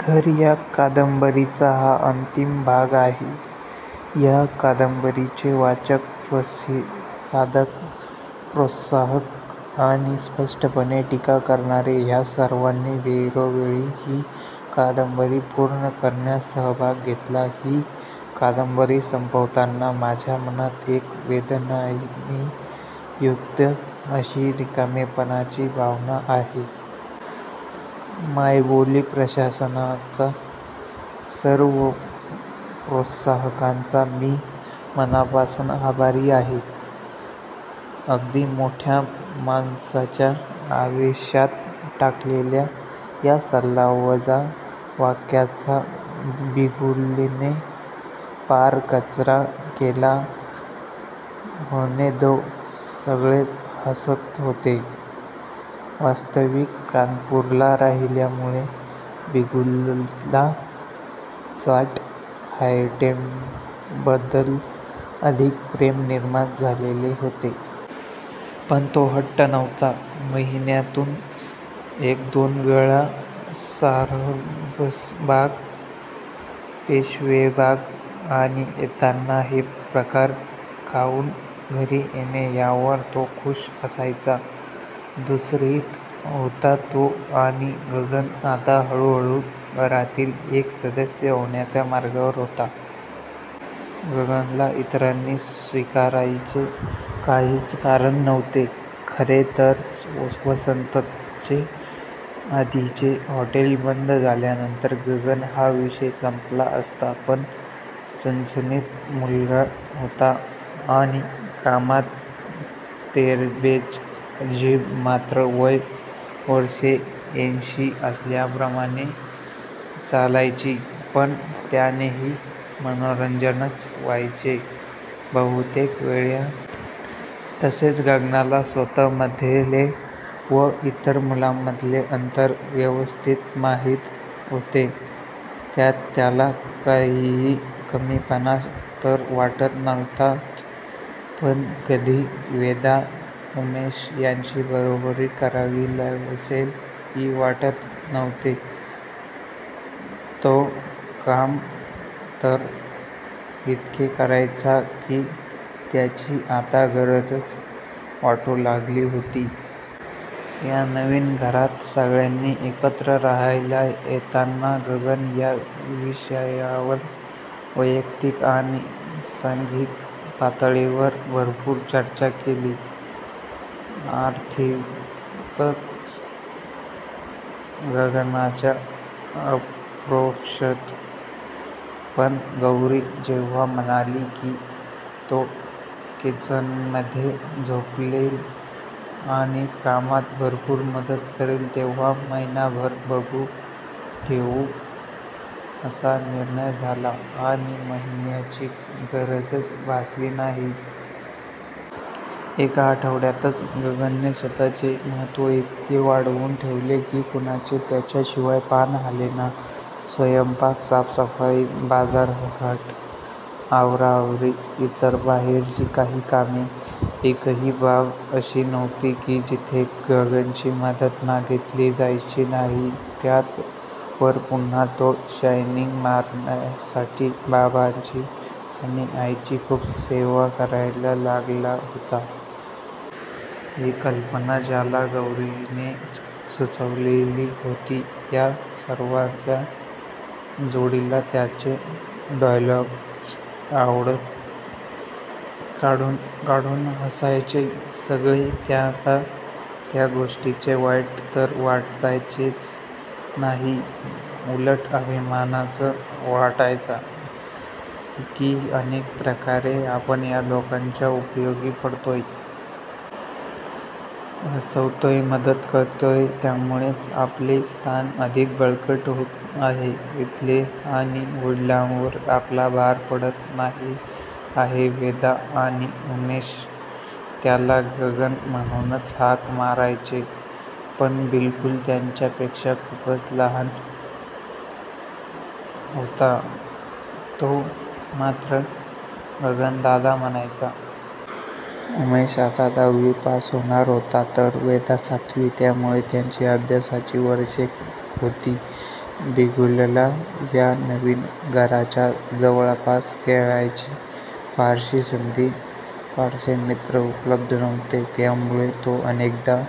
घर या कादंबरीचा हा अंतिम भाग आहे. या कादंबरीचे वाचक, प्रतिसादक, प्रोत्साहक आणि स्पष्टपणे टीका करणारे ह्या सर्वांनी वेळोवेळी ही कादंबरी पूर्ण करण्यात सहभाग घेतला. ही कादंबरी संपवताना माझ्या मनात एक वेदनांनी युक्त अशी रिकामेपणाची भावना आहे. मायबोली प्रशासनाचा व सर्व प्रोत्साहकांचा मी मनापासून आभारी आहे. गगनने अगदी मोठ्या माणसाच्या आवेशात टाकलेल्या या सल्लावजा वाक्याचा बिगुलने पार कचरा केला. होने दो! सगळेच हासत होते. वास्तविक कानपूरला राहिल्यामुळे बिगुलला चाट आयटेम्सबद्दल अधिक प्रेम निर्माण झालेले होते. पण तो हट्टी नव्हता. महिन्यातून एक दोन वेळा सारसबाग, पेशवेबाग आणि येताना हे प्रकार खाऊन घरी येणे यावर तो खुष असायचा. दुसरीत होता तो आणि गगन आता हळूहळू घरातील एक सदस्य होण्याच्या मार्गावर होता. गगनला इतरांनी स्वीकारायचे काहीच कारण नव्हते. खरे तर वसंताचे आधीचे हॉटेल बंद झाल्यानंतरच गगन हा विषय संपला असता. पण चुणचुणीत मुलगा होता आणि कामात तरबेज! जीभ मात्र वय वर्षे ऐंशी असल्याप्रमाणे चालायची. पण त्यानेही मनोरंजनच व्हायचे बहुतेकवेळा! तसेच, गगनला स्वतःमधले व इतर मुलांमधले अंतर व्यवस्थित माहीत होते. त्यात त्याला काहीही कमीपणा तर वाटत नव्हताच पण कधी वेदा, उमेश यांची बरोबरी करावी असेही वाटत नव्हते. तो काम तर इतके करायचा की त्याची आता गरजच वाटू लागली होती. या नवीन घरात सगळ्यांनी एकत्र राहायला येताना 'गगन' या विषयावर वैयक्तीक आणि सांघिक पातळीवर भरपूर चर्चा झाली. अर्थातच, गगनच्या अपरोक्षच! पण गौरी जेव्हा म्हणाली की तो किचनमध्ये झोपेल आणि कामात भरपूर मदत करेल तेव्हा 'महिनाभर बघू ठेवू' असा निर्णय झाला आणि महिन्याची गरजच भासली नाही. एका आठवड्यातच गगनने स्वतःचे महत्व इतके वाढवून ठेवले की कुणाचे त्याच्याशिवाय पान हालेना! स्वयंपाक, साफसफाई, बाजारहाट, आवराआवरी, इतर बाहेरची काही कामे, एकही बाब अशी नव्हती की जिथे गगनची मदत मागीतली जायची नाही. त्यात वर पुन्हा तो शायनिंग मारण्यासाठी बाबांची आणि आईंची खूप सेवा करायला लागला होता. ही कल्पना त्याला गौरीनेच सुचवलेली होती. या सर्वांच्या जोडीला त्याचे डायलॉग्ज आठवण काढून काढून हसायचे सगळे त्याला त्या गोष्टीचे वाईट तर वाटायचेच नाही, उलट अभिमानच वाटायचा की अनेक प्रकारे आपण या लोकांच्या उपयोगी पडतोय. हासवतोय, मदत करतोय! त्यामुळेच आपले स्थान अधिक बळकट होत आहे इथले आणि वडिलांवर आपला भार पडत नाही आहे. वेदा आणि उमेश त्याला गगन म्हणूनच हाक मारायचे. पण बिगुल त्याच्यापेक्षा खूपच लहान होता. तो मात्र गगनदादा म्हणायचा. उमेश आता दहावी पास होणार होता तर वेदा सातवी त्यामुळे त्यांची अभ्यासाची वर्षे होती. बिगुलला या नवीन घराच्या जवळपास खेळायची फारशी संधी, फारसे मित्र उपलब्ध नव्हते. त्यामुळे तो अनेकदा